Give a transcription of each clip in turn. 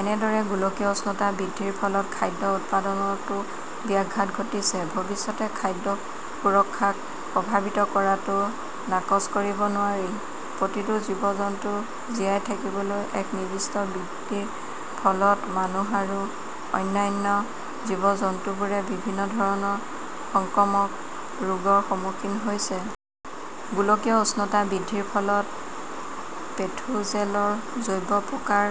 এনেদৰে গোলকীয় উষ্ণতা বৃদ্ধিৰ ফলত খাদ্য উৎপাদনতো ব্যাঘাত ঘটিছে। ভৱিষ্যতে খাদ্য সুৰক্ষাক প্ৰভাৱিত কৰাটো নাকচ কৰিব নোৱাৰি। প্ৰতিটো জীৱ-জন্তুৰ জীয়াই থাকিবলৈ এক নিৰ্দিষ্ট তাপমাত্ৰাৰ প্ৰয়োজন হয়। বিশ্ব উষ্ণতা বৃদ্ধিৰ ফলত মানুহ আৰু অন্যান্য জীৱ-জন্তুবোৰে বিভিন্ন ধৰণৰ সংক্ৰামক ৰোগৰ সন্মুখীন হৈছে। গোলকীয় উষ্ণতা বৃদ্ধিৰ ফলত পেথোজেনৰ জৈৱ প্ৰকাৰ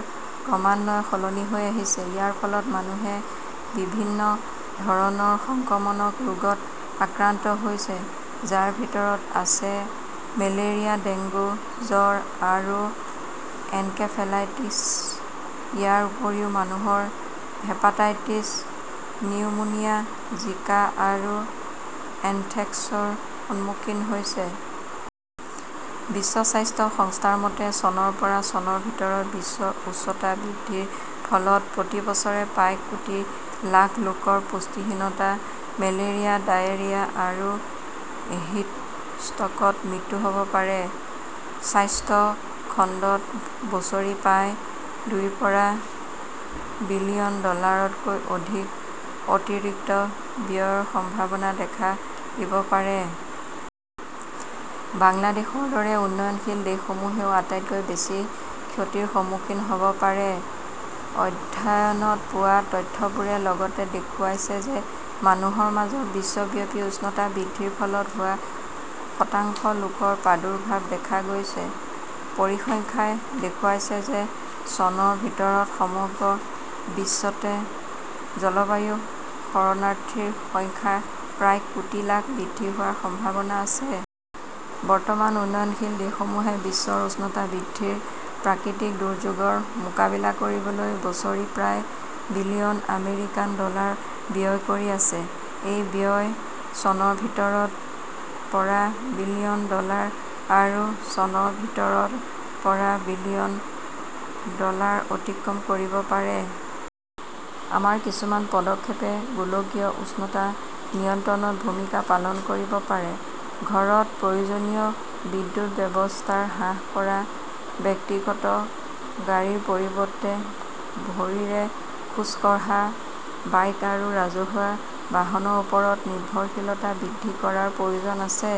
ক্ৰমান্বয়ে সলনি হৈ আহিছে। ইয়াৰ ফলত মানুহে বিভিন্ন ধৰণৰ সংক্ৰামক ৰোগত আক্ৰান্ত হৈছে, যাৰ ভিতৰত আছে মেলেৰিয়া, ডেংগু জ্বৰ আৰু এনকেফেলাইটিছ। ইয়াৰ উপৰিও মানুহে হেপাটাইটিছ, নিউমোনিয়া, জিকা আৰু এন্থ্ৰেক্সৰ সন্মুখীন হৈছে। বিশ্ব স্বাস্থ্য সংস্থাৰ মতে, চনৰ পৰা চনৰ ভিতৰত বিশ্ব উষ্ণতা বৃদ্ধিৰ ফলত প্ৰতি বছৰে প্ৰায় কোটি লাখ লোকৰ পুষ্টিহীনতা, মেলেৰিয়া, ডায়েৰিয়া আৰু হিট ষ্ট্ৰ 'কত মৃত্যু হ' ব পাৰে। স্বাস্থ্য খণ্ডত বছৰি প্ৰায় ৰ পৰা বিলিয়ন ডলাৰতকৈ অধিক অতিৰিক্ত ব্যয়ৰ সম্ভাৱনা দেখা দিব পাৰে। বাংলাদেশৰ দৰে উন্নয়নশীল দেশসমূহেও আটাইতকৈ বেছি ক্ষতিৰ সন্মুখীন হ "ব পাৰে। অধ্যয়নত পোৱা তথ্যবোৰে লগতে দেখুৱাইছে যে মানুহৰ মাজত বিশ্বব্যাপী উষ্ণতা বৃদ্ধিৰ ফলত হোৱা শতাংশ ৰোগৰ প্ৰাদুৰ্ভাৱ দেখা গৈছে। পৰিসংখ্যাই দেখুৱাইছে যে চনৰ ভিতৰত সমগ্ৰ বিশ্বতে জলবায়ু-শৰণাৰ্থীৰ সংখ্যা প্ৰায় কোটি লাখ বৃদ্ধি হোৱাৰ সম্ভাৱনা আছে। বৰ্তমান উন্নয়নশীল দেশসমূহে বিশ্ব উষ্ণতা বৃদ্ধিৰ প্ৰাকৃতিক দুৰ্যোগৰ মোকাবিলা কৰিবলৈ বছৰি প্ৰায় বিলিয়ন আমেৰিকান ডলাৰ ব্যয় কৰি আছে। এই ব্যয় চনৰ ভিতৰত ৰ পৰা বিলিয়ন ডলাৰ আৰু চনৰ ভিতৰত ৰ পৰা বিলিয়ন ডলাৰ অতিক্ৰম কৰিব পাৰে। আমাৰ কিছুমান পদক্ষেপে গোলকীয় উষ্ণতা নিয়ন্ত্ৰণত ভূমিকা পালন কৰিব পাৰে। ঘৰত প্ৰয়োজনীয় বিদ্যুৎ ব্যৱহাৰ হ্ৰাস কৰা, ব্যক্তিগত গাড়ীৰ পৰিৱৰ্তে ভৰিৰে খোজ কাঢ়া, বাইক আৰু ৰাজহুৱা বাহনৰ ওপৰত নিৰ্ভৰশীলতা বৃদ্ধি কৰাৰ প্ৰয়োজন আছে।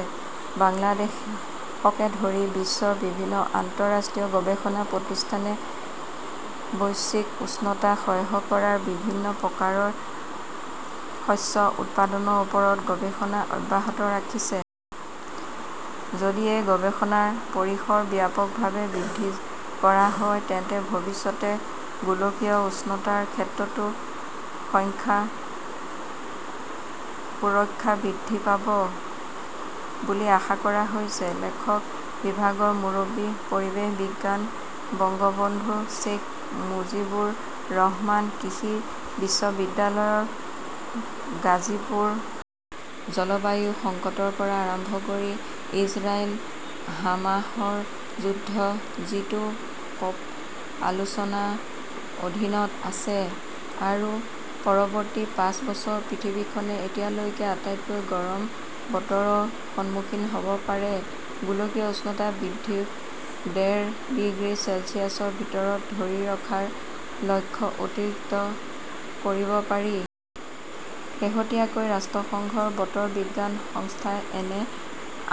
বাংলাদেশকে ধৰি বিশ্বৰ বিভিন্ন আন্তঃৰাষ্ট্ৰীয় গৱেষণা প্ৰতিষ্ঠানে বৈশ্বিক উষ্ণতা সহ্য কৰা বিভিন্ন প্ৰকাৰৰ শস্য উৎপাদনৰ ওপৰত গৱেষণা অব্যাহত ৰাখিছে। যদি এই গৱেষণাৰ পৰিসৰ ব্যাপকভাৱে বৃদ্ধি কৰা হয় তেন্তে ভৱিষ্যতে গোলকীয় উষ্ণতাৰ ক্ষেত্ৰতো খাদ্য সুৰক্ষা বৃদ্ধি পাব বুলি আশা কৰা হৈছে। লেখকঃ বিভাগৰ মুৰব্বী, পৰিৱেশ বিজ্ঞান, বঙ্গবন্ধু শ্বেইখ মুজিবুৰ ৰহমান কৃষি বিশ্ববিদ্যালয়, গাজীপুৰ। জলবায়ু সংকটৰ পৰা আৰম্ভ কৰি ইজৰাইল-হামাসৰ যুদ্ধ, যিটো ক 'প- আলোচনাৰ অধীনত আছে পৰৱৰ্তী পাঁচ বছৰ পৃথিৱীখনে এতিয়ালৈকেৰ আটাইতকৈ গৰম বতৰৰ সন্মুখীন হ 'ব পাৰে! গোলকীয় উষ্ণতা বৃদ্ধিক ডেৰ ডিগ্ৰী চেলছিয়াছৰ ভিতৰত ধৰি ৰখাৰ লক্ষ্য অতিক্ৰম কৰিব পাৰে। শেহতীয়াকৈ ৰাষ্ট্ৰসংঘৰ বতৰ বিজ্ঞান সংস্থাই এনে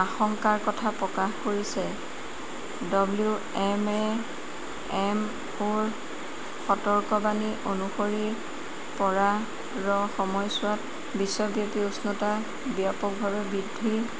আশংকাৰ কথা প্ৰকাশ কৰিছে। ডব্লিউ. এম. অ '. -ৰ সতৰ্কবাণী অনুসৰি, -ৰ পৰা -ৰ সময়ছোৱাত বিশ্বব্যাপী উষ্ণতা ব্যাপকভাৱে বৃদ্ধি